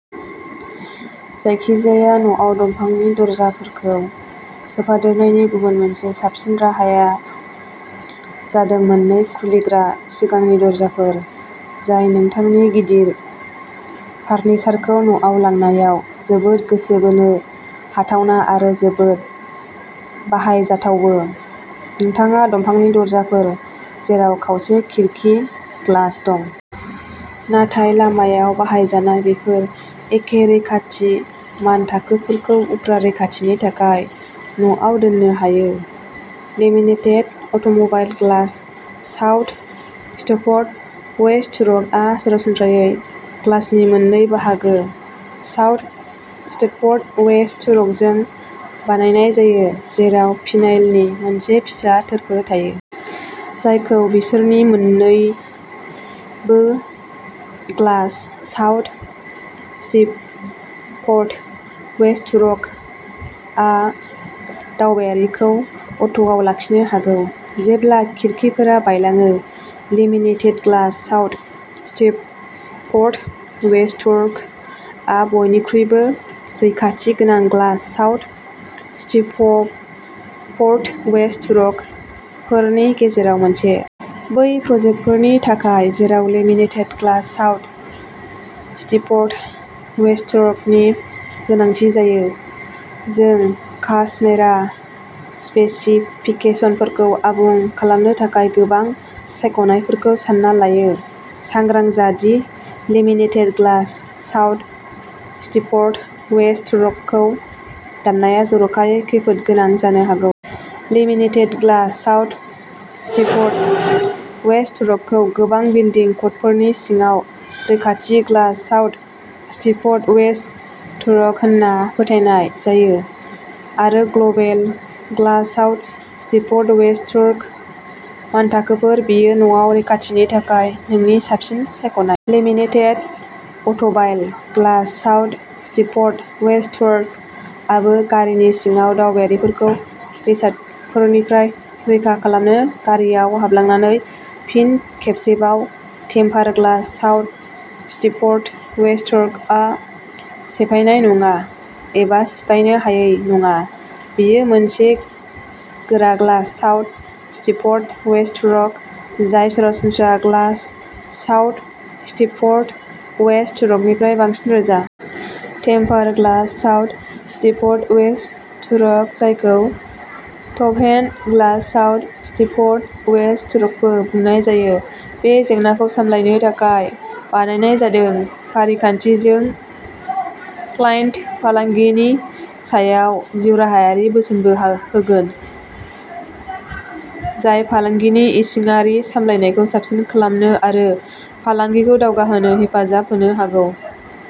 जायखिजाया न'आव। दंफांनि दरजाफोरखौ सोफादेरनायनि गुबुन मोनसे साबसिन राहाया जादों मोननै खुलिग्रा सिगांनि दरजाफोर। जाय नोंथांनि गिदिर फारनिचारखौ न'आव लांनायाव जोबोद गोसो बोनो हाथावना आरो जोबोद बाहायजाथावबो। नोंथाङा दंफांनि दरजाफोर जेराव खावसे खिरखि ग्लास दं। नाथाय लामायाव बाहायजानाय बेफोर एखे रैखाथि मानथाखोफोरखौ उफ्रा रैखाथिनि थाखाय न'आव दोननो हायो। Laminated automobile glass South Stifford, West Thurrock आ सरासनस्रायै ग्लासनि मोननै बाहागो साउथ स्टिफ'र्ड, वेस्ट थुर'क जों बानायनाय जायो। जेराव भिनाइलनि मोनसे फिसा थोरफो थायो। जायखौ बिसोरनि मोननैबो। Glass South Stifford, West Thurrock आ दावबायारिखौ अट'आव लाखिनो हागौ। जेब्ला खिरखिफोरा बायलाङो। Laminated glass South Stifford, West Thurrock आ बयनिख्रुइबो रैखाथि गोनां glass South Stifford, West Thurrock फोरनि गेजेराव मोनसे। बै प्रजेक्टफोरनि थाखाय जेराव laminated glass South Stifford, West Thurrock नि गोनांथि जायो। जों कास्टमेरा स्पेसिफिकेसनफोरखौ आबुं खालामनो थाखाय गोबां सायख'नायफोरखौ सानना लायो। सांग्रां जा दि laminated glass South Stifford, West Thurrock खौ दाननाया जर'खायै खैफोद गोनां जानो हागौ। Laminated glass South Stifford, West Thurrock खौ गोबां बिल्डिं क'डफोरनि सिङाव रैखाथि glass South Stifford, West Thurrock होनना फोथायनाय जायो आरो global glass South Stifford, West Thurrock मानथाखोफोर। बेयो न'आव रैखाथिनि थाखाय नोंनि साबसिन सायख'नाय। Laminated automobile glass South Stifford, West Thurrock आबो गारिनि सिङाव दावबायारिफोरखौ बेसादफोरनिफ्राय रैखा खालामनो गारिआव हाबलांनानै। फिन खेबसेबाव, टेम्पार ग्लास साउथ स्टिफफर्ड, वेस्ट थुरकआ सेफायनाय नङा एबा सिफायनो हायै नङा। बेयो मोनसे गोरा glass South Stifford, West Thurrock, जाय सरासनस्रा ग्लास साउथ स्टिफफर्ड, वेस्ट थुरकनिख्रुइ बांसिन रोजा। टेम्पार glass South Stifford, West Thurrock जायखौ टफहेन ग्लास साउथ स्टिफफोर्ड, वेस्ट थुरकबो बुंनाय जायो। बे जेंनाखौ सामलायनो थाखाय बानायनाय जादों। फारिखान्थि जों क्लायन्ट फालांगिनि सायाव जिउराहायारि बोसोनबो होगोन। जाय फालांगिनि इसिङारि सामलायनायखौ साबसिन खालामनो आरो फालांगिखौ दावगाहोनो हेफाजाब होनो हागौ।